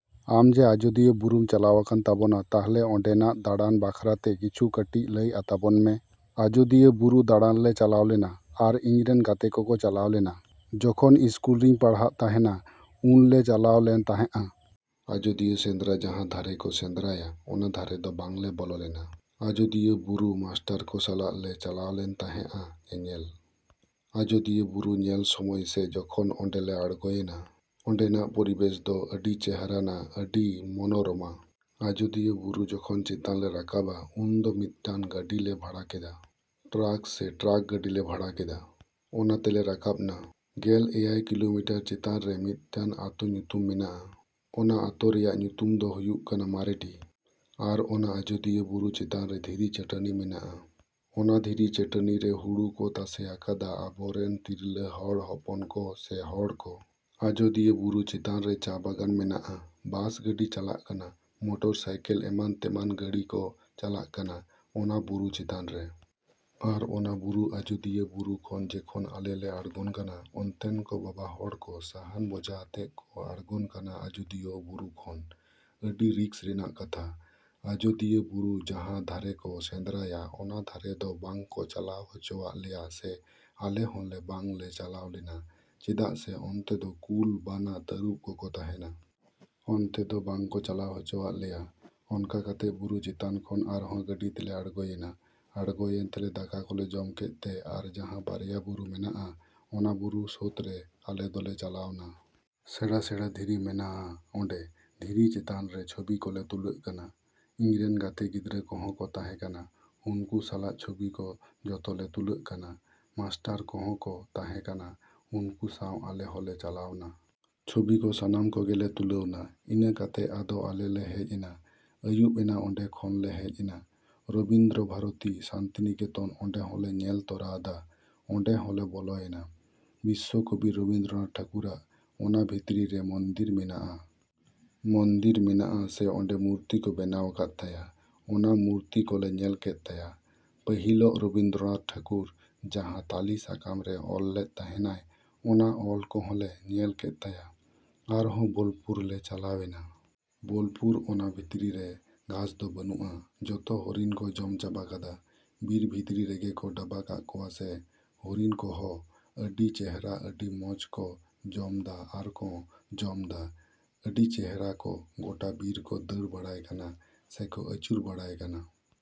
ᱟᱢ ᱡᱮ ᱟᱡᱳᱫᱤᱭᱟᱹ ᱵᱩᱨᱩᱢ ᱪᱟᱞᱟᱣ ᱟᱠᱟᱱ ᱛᱟᱵᱚᱱᱟ, ᱛᱟᱦᱞᱮ ᱚᱸᱰᱮᱱᱟᱜ ᱫᱟᱬᱟᱱ ᱵᱟᱠᱷᱨᱟᱛᱮ ᱠᱤᱪᱷᱩ ᱠᱟᱹᱴᱤᱡ ᱞᱟᱹᱭ ᱟᱛᱟᱵᱚᱱ ᱢᱮ᱾ ᱟᱡᱳᱫᱤᱭᱟᱹ ᱵᱩᱨᱩ ᱫᱟᱬᱟᱱ ᱞᱮ ᱪᱟᱞᱟᱣ ᱞᱮᱱᱟ ᱟᱨ ᱤᱧᱨᱮᱱ ᱜᱟᱛᱮ ᱠᱚᱠᱚ ᱪᱟᱞᱟᱣ ᱞᱮᱱᱟ᱾ ᱡᱚᱠᱷᱚᱱ ᱤᱥᱠᱩᱞ ᱨᱤᱧ ᱯᱟᱲᱦᱟᱜ ᱛᱟᱦᱮᱱᱟ ᱩᱱᱞᱮ ᱪᱟᱞᱟᱣ ᱞᱮᱱ ᱛᱟᱦᱮᱸᱜᱼᱟ᱾ ᱟᱡᱳᱫᱤᱭᱟᱹ ᱥᱮᱸᱫᱽᱨᱟ ᱡᱟᱦᱟᱸ ᱫᱷᱟᱨᱮ ᱠᱚ ᱥᱮᱸᱫᱽᱨᱟᱭᱟ ᱚᱱᱟ ᱫᱷᱟᱨᱮ ᱫᱚ ᱵᱟᱝᱞᱮ ᱵᱚᱞᱚ ᱞᱮᱱᱟ᱾ ᱟᱡᱳᱫᱤᱭᱟᱹ ᱵᱩᱨᱩ ᱢᱟᱥᱴᱟᱨ ᱠᱚ ᱥᱟᱞᱟᱜ ᱞᱮ ᱪᱟᱞᱟᱣ ᱞᱮᱱ ᱛᱟᱦᱮᱸᱜᱼᱟ ᱧᱮᱧᱮᱞ᱾ ᱟᱡᱳᱫᱤᱭᱟᱹ ᱵᱩᱨᱩ ᱧᱮᱞ ᱥᱚᱢᱚᱭ ᱥᱮ ᱡᱚᱠᱷᱚᱱ ᱚᱸᱰᱮᱞᱮ ᱟᱬᱜᱳᱭᱮᱱᱟ, ᱚᱸᱰᱮᱱᱟᱜ ᱯᱚᱨᱤᱵᱮᱥ ᱫᱚ ᱟᱹᱰᱤ ᱪᱮᱦᱨᱟᱱᱟ, ᱟᱹᱰᱤ ᱢᱚᱱᱳᱨᱚᱢᱟ᱾ ᱟᱡᱳᱫᱤᱭᱟᱹ ᱵᱩᱨᱩ ᱡᱚᱠᱷᱚᱱ ᱪᱮᱛᱟᱱᱞᱮ ᱨᱟᱠᱟᱵᱟ ᱩᱱᱫᱚ ᱢᱤᱫᱴᱟᱱ ᱜᱟᱹᱰᱤᱞᱮ ᱵᱷᱟᱲᱟ ᱠᱮᱫᱟ, ᱴᱨᱟᱠ ᱥᱮ ᱴᱨᱟᱠ ᱜᱟᱹᱰᱤᱞᱮ ᱵᱷᱟᱲᱟ ᱠᱮᱫᱟ᱾ ᱚᱱᱟ ᱛᱮᱞᱮ ᱨᱟᱠᱟᱵᱱᱟ᱾ ᱜᱮᱞ ᱮᱭᱟᱭ ᱠᱤᱞᱳᱢᱤᱴᱟᱨ ᱪᱮᱛᱟᱱᱨᱮ ᱢᱤᱫᱴᱟᱱ ᱟᱛᱳ ᱧᱩᱛᱩᱢ ᱢᱮᱱᱟᱜᱼᱟ, ᱚᱱᱟ ᱟᱛᱳ ᱨᱮᱭᱟᱜ ᱧᱩᱛᱩᱢ ᱫᱚ ᱦᱩᱭᱩᱜ ᱠᱟᱱᱟ ᱢᱟᱨᱮᱰᱤ᱾ ᱟᱨ ᱚᱱᱟ ᱟᱡᱳᱫᱤᱭᱟᱹ ᱵᱩᱨᱩ ᱪᱮᱛᱟᱱᱨᱮ ᱫᱷᱤᱨᱤ ᱪᱟᱹᱴᱟᱹᱱᱤ ᱢᱮᱱᱟᱜᱼᱟ᱾ ᱚᱱᱟ ᱫᱷᱤᱨᱤ ᱪᱟᱹᱴᱟᱹᱱᱤᱨᱮ ᱦᱩᱲᱩ ᱠᱚ ᱛᱟᱥᱮ ᱟᱠᱟᱫᱟ ᱟᱵᱚ ᱨᱮᱱ ᱛᱤᱨᱞᱟᱹ ᱦᱚᱲ ᱦᱚᱯᱚᱱ ᱠᱚ ᱥᱮ ᱦᱚᱲᱠᱚ᱾ ᱟᱡᱳᱫᱤᱭᱟᱹ ᱵᱩᱨᱩ ᱪᱮᱛᱟᱱ ᱨᱮ ᱪᱟ ᱵᱟᱜᱟᱱ ᱢᱮᱱᱟᱜᱼᱟ᱾ ᱵᱟᱥ ᱜᱟᱹᱰᱤ ᱪᱟᱞᱟᱜ ᱠᱟᱱᱟ, ᱢᱳᱴᱚᱨ ᱥᱟᱭᱠᱮᱞ ᱮᱢᱟᱱ ᱛᱮᱢᱟᱱ ᱜᱟᱹᱲᱤ ᱠᱚ ᱪᱟᱞᱟᱜ ᱠᱟᱱᱟ ᱚᱱᱟ ᱵᱩᱨᱩ ᱪᱮᱛᱟᱱ ᱨᱮ᱾ ᱟᱨ ᱚᱱᱟ ᱵᱩᱨᱩ ᱟᱡᱳᱫᱤᱭᱟᱹ ᱵᱩᱨᱩ ᱠᱷᱚᱱ ᱡᱮᱠᱷᱚᱱ ᱟᱞᱮ ᱞᱮ ᱟᱬᱜᱚᱱ ᱠᱟᱱᱟ, ᱚᱱᱛᱮᱱ ᱠᱚ ᱵᱟᱵᱟ ᱦᱚᱲ ᱠᱚ ᱥᱟᱦᱟᱱ ᱵᱚᱡᱷᱟ ᱟᱛᱮᱜ ᱠᱚ ᱟᱬᱜᱚᱱ ᱠᱟᱱᱟ ᱟᱡᱳᱫᱤᱭᱳ ᱵᱩᱨᱩ ᱠᱷᱚᱱ᱾ ᱟᱹᱰᱤ ᱨᱤᱠᱥ ᱨᱮᱱᱟᱜ ᱠᱟᱛᱷᱟ᱾ ᱟᱡᱳᱫᱤᱭᱟᱹ ᱵᱩᱨᱩ ᱡᱟᱦᱟᱸ ᱫᱷᱟᱨᱮ ᱠᱚ ᱥᱮᱸᱫᱽᱨᱟᱭᱟ ᱚᱱᱟ ᱫᱷᱟᱨᱮ ᱫᱚ ᱵᱟᱝᱠᱚ ᱪᱟᱞᱟᱣ ᱦᱚᱪᱚᱣᱟᱜ ᱞᱮᱭᱟ ᱥᱮ ᱟᱞᱮ ᱦᱚᱸᱞᱮ ᱵᱟᱝᱞᱮ ᱪᱟᱞᱟᱣ ᱞᱮᱱᱟ ᱪᱮᱫᱟᱜ ᱥᱮ ᱚᱱᱛᱮ ᱫᱚ ᱠᱩᱞ, ᱵᱟᱱᱟ, ᱛᱟᱹᱨᱩᱵ ᱠᱚᱠᱚ ᱛᱟᱦᱮᱱᱟ᱾ ᱚᱱᱛᱮ ᱫᱚ ᱵᱟᱝᱠᱚ ᱪᱟᱞᱟᱣ ᱦᱚᱪᱚᱣᱟᱜ ᱞᱮᱭᱟ᱾ ᱚᱱᱠᱟ ᱠᱟᱛᱮᱜ ᱵᱩᱨᱩ ᱪᱮᱛᱟᱱ ᱠᱷᱚᱱ ᱟᱨᱦᱚᱸ ᱜᱟᱹᱰᱤ ᱛᱮᱞᱮ ᱟᱬᱜᱳᱭᱮᱱᱟ᱾ ᱟᱬᱜᱚᱭᱮᱱ ᱛᱮᱞᱮ ᱫᱟᱠᱟ ᱠᱚᱞᱮ ᱡᱚᱢ ᱠᱮᱫ ᱛᱮ ᱟᱨ ᱡᱟᱦᱟᱸ ᱵᱟᱨᱭᱟ ᱵᱩᱨᱩ ᱢᱮᱱᱟᱜᱼᱟ ᱚᱱᱟ ᱵᱩᱨᱩ ᱥᱳᱛᱨᱮ ᱟᱞᱮ ᱫᱚᱞᱮ ᱪᱟᱞᱟᱣᱱᱟ᱾ ᱥᱮᱬᱟ ᱥᱮᱬᱟ ᱫᱷᱤᱨᱤ ᱢᱮᱱᱟᱼᱟ ᱚᱸᱰᱮ᱾ ᱫᱷᱤᱨᱤ ᱪᱮᱛᱟᱱ ᱨᱮ ᱪᱷᱚᱵᱤ ᱠᱚᱞᱮ ᱛᱩᱞᱟᱹᱜ ᱠᱟᱱᱟ᱾ ᱤᱧ ᱨᱮᱱ ᱜᱟᱛᱮ ᱜᱤᱫᱽᱨᱟᱹ ᱠᱚᱦᱚᱸ ᱠᱚ ᱛᱟᱦᱮᱸ ᱠᱟᱱᱟ᱾ ᱩᱱᱠᱩ ᱥᱟᱞᱟᱜ ᱪᱷᱚᱵᱤ ᱠᱚ ᱡᱚᱛᱚᱞᱮ ᱛᱩᱞᱟᱹᱜ ᱠᱟᱱᱟ᱾ ᱢᱟᱥᱴᱟᱨ ᱠᱚᱦᱚᱸ ᱠᱚ ᱛᱟᱦᱮᱸ ᱠᱟᱱᱟ ᱩᱱᱠᱩ ᱥᱟᱶ ᱟᱞᱮ ᱦᱚᱸᱞᱮ ᱪᱟᱞᱟᱣᱱᱟ᱾ ᱪᱷᱚᱵᱤ ᱠᱚ ᱥᱟᱱᱟᱢ ᱠᱚᱜᱮᱞᱮ ᱛᱩᱞᱟᱹᱣᱱᱟ᱾ ᱤᱱᱟᱹ ᱠᱟᱛᱮᱜ ᱟᱫᱚ ᱟᱞᱮ ᱞᱮ ᱦᱮᱡ ᱮᱱᱟ᱾ ᱟᱹᱭᱩᱵ ᱮᱱᱟ ᱚᱸᱰᱮ ᱠᱷᱚᱱᱞᱮ ᱦᱮᱡ ᱮᱱᱟ᱾ ᱨᱚᱵᱤᱱᱫᱨᱚ ᱵᱷᱟᱨᱛᱤ ᱥᱟᱱᱛᱤᱱᱤᱠᱮᱛᱚᱱ ᱚᱸᱰᱮ ᱦᱚᱸᱞᱮ ᱧᱮᱞ ᱛᱚᱨᱟ ᱟᱫᱟ᱾ ᱚᱸᱰᱮ ᱦᱚᱸᱞᱮ ᱵᱚᱞᱚᱭᱮᱱᱟ᱾ ᱵᱤᱥᱥᱚ ᱠᱚᱵᱤ ᱨᱚᱵᱤᱱᱫᱨᱚᱱᱟᱛᱷ ᱴᱷᱟᱹᱠᱩᱨᱟᱜ ᱚᱱᱟ ᱵᱷᱤᱛᱨᱤ ᱨᱮ ᱢᱚᱱᱫᱤᱨ ᱢᱮᱱᱟᱜᱼᱟ᱾ ᱢᱚᱱᱫᱤᱨ ᱢᱮᱱᱟᱜᱼᱟ ᱥᱮ ᱚᱸᱰᱮ ᱢᱩᱨᱛᱤ ᱠᱚ ᱵᱮᱱᱟᱣ ᱟᱠᱟᱫ ᱛᱟᱭᱟ᱾ ᱚᱱᱟ ᱢᱩᱨᱛᱤ ᱠᱚᱞᱮ ᱧᱮᱞ ᱠᱮᱫ ᱛᱟᱭᱟ᱾ ᱯᱟᱹᱦᱤᱞᱚᱜ ᱨᱚᱵᱤᱱᱫᱨᱚᱱᱟᱛᱷ ᱴᱷᱟᱹᱠᱩᱨ ᱡᱟᱦᱟᱸ ᱛᱟᱞᱤ ᱥᱟᱠᱟᱢ ᱨᱮ ᱚᱞ ᱞᱮᱫ ᱛᱟᱦᱮᱸᱱᱟᱭ ᱚᱱᱟ ᱚᱞ ᱠᱚᱦᱚᱸᱞᱮ ᱧᱮᱞ ᱠᱮᱫ ᱛᱟᱭᱟ᱾ ᱟᱨᱦᱚᱸ ᱵᱳᱞᱯᱩᱨ ᱞᱮ ᱪᱟᱞᱟᱣᱮᱱᱟ᱾ ᱵᱳᱞᱯᱩᱨ ᱚᱱᱟ ᱵᱷᱤᱛᱨᱤ ᱨᱮ ᱜᱷᱟᱥ ᱫᱚ ᱵᱟᱹᱱᱩᱜᱼᱟ ᱡᱚᱛᱚ ᱦᱚᱨᱤᱱ ᱠᱚ ᱡᱚᱢ ᱪᱟᱵᱟ ᱠᱟᱫᱟ᱾ ᱵᱤᱨ ᱵᱷᱤᱛᱨᱤ ᱨᱮᱜᱮ ᱠᱚ ᱰᱟᱵᱟ ᱠᱟᱜ ᱠᱚᱣᱟ ᱥᱮ ᱦᱚᱨᱤᱱ ᱠᱚᱦᱚ ᱟᱹᱰᱤ ᱪᱮᱦᱨᱟ ᱟᱹᱰᱤ ᱢᱚᱡᱽ ᱠᱚ ᱡᱚᱢᱫᱟ ᱟᱨᱠᱚᱸ ᱡᱚᱢᱫᱟ᱾ ᱟᱹᱰᱤ ᱪᱮᱦᱨᱟ ᱠᱚ ᱜᱳᱴᱟ ᱵᱤᱨ ᱠᱚ ᱫᱟᱹᱲ ᱵᱟᱲᱟᱭ ᱠᱟᱱᱟ ᱥᱮᱠᱚ ᱟᱹᱪᱩᱨ ᱵᱟᱲᱟᱭ ᱠᱟᱱᱟ᱾